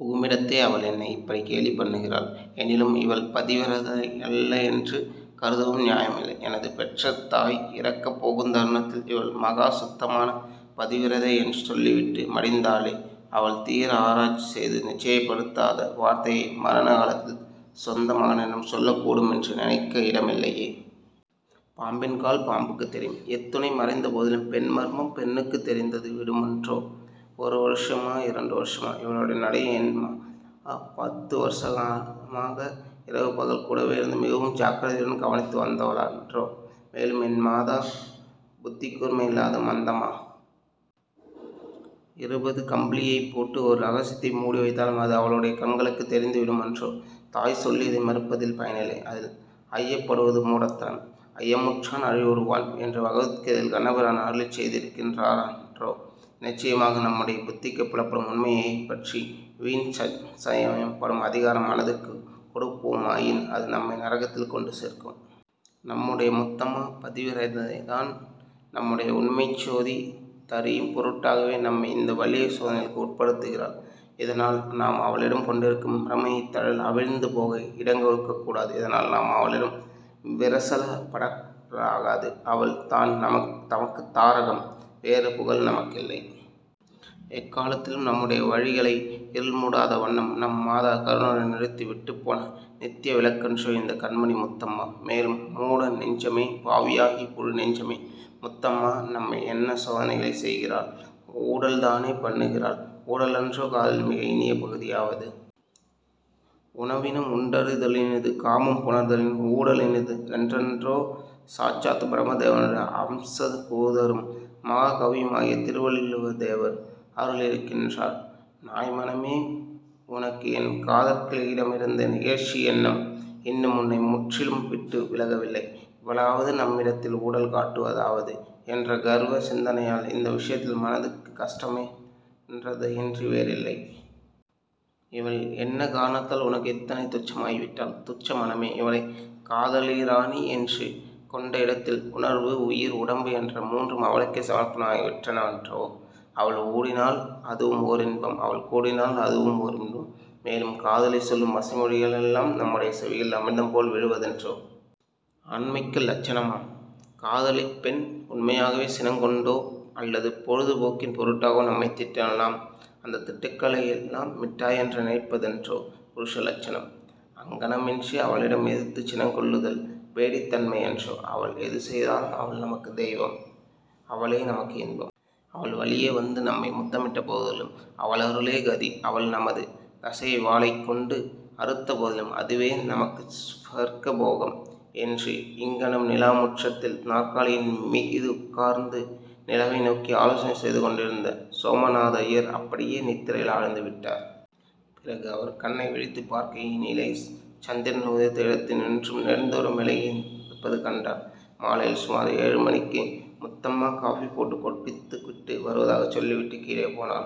புகுமிடத்தே, அவள் என்னை இப்படிக் கேலி பண்ணுகிறாள். எனிலும் இவள் பதிவிரதையல்லளென்று கருதவும் நியாயமில்லை. எனது பெற்ற தாய் இறக்கப் போகுந் தருணத்தில் இவள் மகா சுத்தமான பதிவிரதையென்று சொல்லிவிட்டு மடிந்தாளே. அவள் தீர ஆராய்ச்சி செய்து நிச்சயப்படுத்தாத வார்த்தையை மரண காலத்தில் சொந்த மகனிடம் சொல்லக் கூடுமென்று நினைக்க இடமில்லையே. பாம்பின் கால் பாம்புக்குத் தெரியும். எத்துணை மறைந்த போதிலும் பெண் மர்மம் பெண்ணுக்குத் தெரிந்து விடுமன்றோ? ஒரு வருஷமா, இரண்டு வருஷமா? இவளுடைய நடையை என் மாதா பத்து வருஷகாலமாக, இரவு பகல் கூடவேயிருந்தது மிகவும் ஜாக்கிரதையுடன் கவனித்து வந்தவளன்றோ? மேலும் என் மாதா புத்திக்கூர்மையில்லாத மந்தமா? இருபது கம்பிளியை போட்டு ஒரு ரகசியத்தை மூடி வைத்தாலும், அது அவளுடைய கண்களுக்குத் தெரிந்து விடுமன்றோ? தாய் சொல்லியதை மறுப்பதில் பயனில்லை. அதில் ஐயப்படுவது மூடத்தனம். 'ஐயமுற்றான் அழிவுறுவான்' என்று பகவத் கீதையில் கண்ணபிரான் அருளிச் செய்திருக்கிறானன்றோ? நிச்சயமாக நம்முடைய புத்திக்குப் புலப்படும் உண்மையன்றைப் பற்றி வீண் சம்சயப் படும் அதிகாரம் மனத்துக்குக் கொடுப்போமாயின், அது நம்மை நரகத்தில் கொண்டு சேர்க்கும். நம்முடைய முத்தம்மா பதிவிரதைதான். நம்முடைய உண்மையைச் சோதி த்-தறியும் பொருட்டாகவே, நம்மை இந்த வலிய சோதனைகளுக்கு உட்படுத்துகிறாள். இதனால் நாம் அவளிடம் கொண்டிருக்கும் பிரேமைத் தழல் அவிந்து போக இடங் கொடுக்கக்கூடாது. இதனால் நாம் அவளிடம் விரசப்படலாகாது. அவள் தான் நமக்குத் தாரகம். வேறு புகல் நமக்கில்லை. எக்கலாத்திலும் நம்முடைய வழிகளை இருள் மூடாத வண்ணம் நம் மாதா கருணையுடன் நிறுத்தி விட்டுப்போன நித்ய விளக்கன்றோ இந்தக் கண்மணி முத்தம்மா? மேலும், மூட நெஞ்சமே! பாவியாகிய புழு நெஞ்சமே! முத்தம்மா நம்மை என்ன சோதனைகள் செய்கிறாள்? ஊடல் தானே பண்ணுகிறாள்? ஊடலன்றோ காதலின் மிக இனிய பகுதியாவது? உணவினும் உண்டதறலினிது காமம் புணர்தலின் ஊட லினிது என்றன்றோ சாட்சாத் பிரமதேவனுடைய அம்சபூதரும் மகாகவியுமாகிய திருவள்ளுவ தேவர் அருளியிருக்கின்றார். நாய் மனமே! உனக்கு என் காதற் கிளியிடமிருந்த இகழ்ச்சியெண்ணம் இன்னும் உன்னை முற்றிலும் விட்டு விலகவில்லை. 'இவளாவது? நம்மிடத்தில் ஊடல் காட்டுவதாவது? ' என்ற கர்வ சிந்தனையால், இந்த விஷயத்தில் மனதுக்குக் கஷ்டமேற்படுகிறதேயன்றி வேறில்லை. இவள் என்ன காரணத்தால் உனக்கு இத்தனை துச்சமாய் விட்டாள்? துச்ச மனமே? இவளைக் காதலிராணியென்று கொண்ட இடத்தில், உணர்வு, உயிர், உடம்பு என்ற மூன்றும் அவளுக்கே சமர்ப்பணமாகி விட்டனவன்றோ? அவள் ஊடினால் அதுவும் ஓரின்பம். அவள் கூடினால் அதுவும் ஓரின்பம். மேலும், காதலி சொல்லும் வசை மொழிகளெல்லாம் நம்முடைய செவிகளில் அமிர்தம் போல் விழுவதன்றோ? அண்மைக்கு லட்சணமாம்? காதலிப் பெண் உண்மையாகவே சினங் கொண்டோ அல்லது பொழுது போக்கின் பொருட்டாகவோ, நம்மைத் திட்டினால், நாம் அந்தத் திட்டுக்களையெல்லாம் மிட்டாயென்று நினைப்பதன்றோ புருஷலட்சணம்? அங்ஙனமின்றி அவளிடம் எதிர்த்துச் சினங் கொள்ளுதல் பேடித்தன்மையன்றோ? அவள் எது செய்தாலும் அவளே நமக்குத் தெய்வம், அவளே நமக்கு இன்பம். அவள் வலிய வந்து நம்மை முத்தமிட்டபோதிலும், அவளருளே கதி. அவள் நமது தசையை வாளைக் கொண்டு அறுத்தபோதிலும், அதுவே நமக்கு சுவர்க்க போகம். '' என்று இங்ஙனம் நிலாமுற்றத்தில் நாற்காலியின் மீதுட்கார்ந்து நிலவை நோக்கி ஆலோசனை செய்து கொண்டிருந்த சோமநாதய்யர் அப்படியே நித்திரையில் ஆழ்ந்து விட்டார். பிறகு அவர் கண்ணை விழித்துப் பார்க்கையிலே, சந்திரன் உதித்த இடத்தினின்றும் நெடுந்தூரம் விலகிவந்திருப்பது கண்டார். மாலையில் சுமார் ஏழுமணிக்கு முத்தம்மா காபி போட்டுக் குடித்துவிட்டு வருவதாகச் சொல்லி விட்டுக் கீழே போனாள்.